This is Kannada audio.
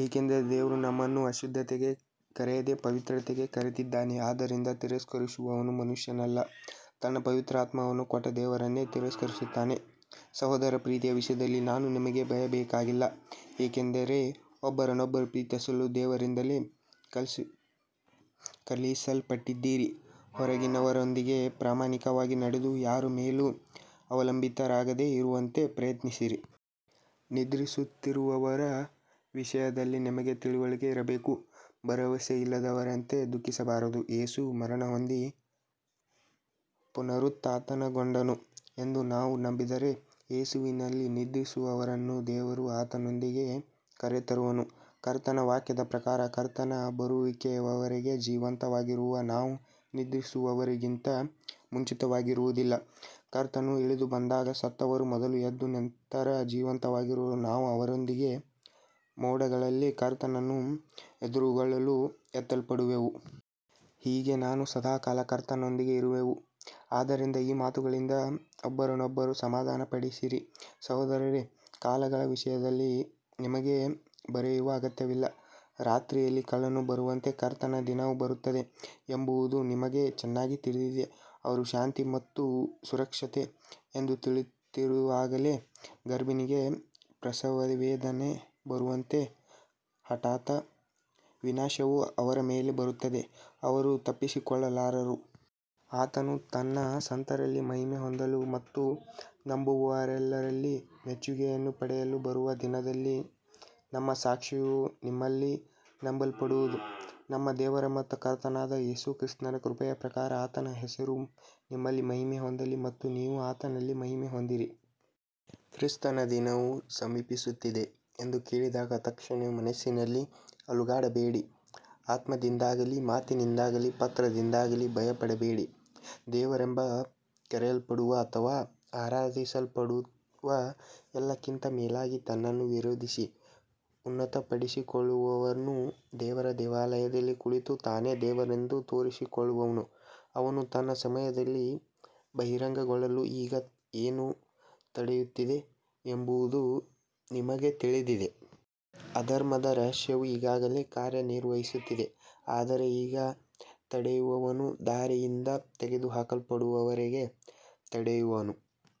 ಯಾಕಂದರೆ ದೇವರು ನಮ್ಮನ್ನು ಅಶುದ್ಧತೆಗೆ ಕರೆಯದೆ ಪವಿತ್ರತೆಗೆ ಕರೆದಿದ್ದಾನೆ. ಆದ್ದರಿಂದ ತಿರಸ್ಕರಿಸುವವನು ಮನುಷ್ಯನನ್ನಲ್ಲ, ತನ್ನ ಪವಿತ್ರಾತ್ಮವನ್ನು ಕೊಟ್ಟ ದೇವರನ್ನೇ ತಿರಸ್ಕರಿಸುತ್ತಾನೆ. ಸಹೋದರ ಪ್ರೀತಿಯ ವಿಷಯದಲ್ಲಿ ನಾನು ನಿಮಗೆ ಬರೆಯಬೇಕಾಗಿಲ್ಲ, ಏಕೆಂದರೆ ಒಬ್ಬರನ್ನೊಬ್ಬರು ಪ್ರೀತಿಸಲು ದೇವರಿಂದಲೇ ಕಲಿಸಲ್ಪಟ್ಟಿದ್ದೀರಿ. ಹೊರಗಿನವರೊಂದಿಗೆ ಪ್ರಾಮಾಣಿಕವಾಗಿ ನಡೆದು, ಯಾರ ಮೇಲೂ ಅವಲಂಬಿತರಾಗದೆ ಇರುವಂತೆ ಪ್ರಯತ್ನಿಸಿರಿ. ನಿದ್ರಿಸುತ್ತಿರುವವರ ವಿಷಯದಲ್ಲಿ ನಿಮಗೆ ತಿಳಿವಳಿಕೆ ಇರಬೇಕು, ಭರವಸೆಯಿಲ್ಲದವರಂತೆ ದುಃಖಿಸಬಾರದು. ಯೇಸು ಮರಣಹೊಂದಿ ಪುನರುತ್ಥಾನಗೊಂಡನು ಎಂದು ನಾವು ನಂಬಿದರೆ, ಯೇಸುವಿನಲ್ಲಿ ನಿದ್ರಿಸಿರುವವರನ್ನೂ ದೇವರು ಆತನೊಂದಿಗೆ ಕರೆತರುವನು. ಕರ್ತನ ವಾಕ್ಯದ ಪ್ರಕಾರ, ಕರ್ತನ ಬರುವಿಕೆಯವರೆಗೆ ಜೀವಂತವಾಗಿರುವ ನಾವು ನಿದ್ರಿಸಿರುವವರಿಗಿಂತ ಮುಂಚಿತವಾಗಿರುವುದಿಲ್ಲ. ಕರ್ತನು ಇಳಿದುಬಂದಾಗ ಸತ್ತವರು ಮೊದಲು ಎದ್ದು, ನಂತರ ಜೀವಂತವಾಗಿರುವ ನಾವು ಅವರೊಂದಿಗೆ ಮೋಡಗಳಲ್ಲಿ ಕರ್ತನನ್ನು ಎದುರುಗೊಳ್ಳಲು ಎತ್ತಲ್ಪಡುವೆವು. ಹೀಗೆ ನಾವು ಸದಾಕಾಲ ಕರ್ತನೊಂದಿಗೆ ಇರುವೆವು. ಆದ್ದರಿಂದ ಈ ಮಾತುಗಳಿಂದ ಒಬ್ಬರನ್ನೊಬ್ಬರು ಸಮಾಧಾನಪಡಿಸಿರಿ. ಸಹೋದರರೇ, ಕಾಲಗಳ ವಿಷಯದಲ್ಲಿ ನಿಮಗೆ ಬರೆಯುವ ಅಗತ್ಯವಿಲ್ಲ. ರಾತ್ರಿಯಲ್ಲಿ ಕಳ್ಳನು ಬರುವಂತೆ ಕರ್ತನ ದಿನವು ಬರುತ್ತದೆ ಎಂಬುದು ನಿಮಗೆ ಚೆನ್ನಾಗಿ ತಿಳಿದಿದೆ. ಅವರು ಶಾಂತಿ ಮತ್ತು ಸುರಕ್ಷತೆ ಎಂದು ಹೇಳುತ್ತಿರುವಾಗಲೇ ಗರ್ಭಿಣಿಗೆ ಪ್ರಸವವೇದನೆ ಬರುವಂತೆ ಹಠಾತ್ ವಿನಾಶವು ಅವರ ಮೇಲೆ ಬರುತ್ತದೆ, ಅವರು ತಪ್ಪಿಸಿಕೊಳ್ಳಲಾರರು. ಆತನು ತನ್ನ ಸಂತರಲ್ಲಿ ಮಹಿಮೆ ಹೊಂದಲು ಮತ್ತು ನಂಬುವವರೆಲ್ಲರಲ್ಲಿ ಮೆಚ್ಚುಗೆಯನ್ನು ಪಡೆಯಲು ಬರುವ ದಿನದಲ್ಲಿ ನಮ್ಮ ಸಾಕ್ಷಿಯು ನಿಮ್ಮಲ್ಲಿ ನಂಬಲ್ಪಡುವುದು. ನಮ್ಮ ದೇವರ ಮತ್ತು ಕರ್ತನಾದ ಯೇಸು ಕ್ರಿಸ್ತನ ಕೃಪೆಯ ಪ್ರಕಾರ ಆತನ ಹೆಸರು ನಿಮ್ಮಲ್ಲಿ ಮಹಿಮೆ ಹೊಂದಲಿ ಮತ್ತು ನೀವು ಆತನಲ್ಲಿ ಮಹಿಮೆ ಹೊಂದಿರಿ. ಕ್ರಿಸ್ತನ ದಿನವು ಸಮೀಪಿಸುತ್ತಿದೆ ಎಂದು ಕೇಳಿದಾಗ ತಕ್ಷಣವೇ ಮನಸ್ಸಿನಲ್ಲಿ ಅಲುಗಾಡಬೇಡಿ, ಆತ್ಮದಿಂದಾಗಲಿ ಮಾತಿನಿಂದಾಗಲಿ ಪತ್ರದಿಂದಾಗಲಿ ಭಯಪಡಬೇಡಿ. ದೇವರೆಂದು ಕರೆಯಲ್ಪಡುವ ಅಥವಾ ಆರಾಧಿಸಲ್ಪಡುವ ಎಲ್ಲಕ್ಕಿಂತ ಮೇಲಾಗಿ ತನ್ನನ್ನು ವಿರೋಧಿಸಿ ಉನ್ನತಪಡಿಸಿಕೊಳ್ಳುವವನು ದೇವರ ದೇವಾಲಯದಲ್ಲಿ ಕುಳಿತು ತಾನೇ ದೇವರೆಂದು ತೋರಿಸಿಕೊಳ್ಳುವನು. ಅವನು ತನ್ನ ಸಮಯದಲ್ಲಿ ಬಹಿರಂಗಗೊಳ್ಳಲು ಈಗ ಏನು ತಡೆಯುತ್ತಿದೆ ಎಂಬುದು ನಿಮಗೆ ತಿಳಿದಿದೆ. ಅಧರ್ಮದ ರಹಸ್ಯವು ಈಗಾಗಲೇ ಕಾರ್ಯನಿರ್ವಹಿಸುತ್ತಿದೆ, ಆದರೆ ಈಗ ತಡೆಯುವವನು ದಾರಿಯಿಂದ ತೆಗೆದುಹಾಕಲ್ಪಡುವವರೆಗೆ ತಡೆಯುವನು.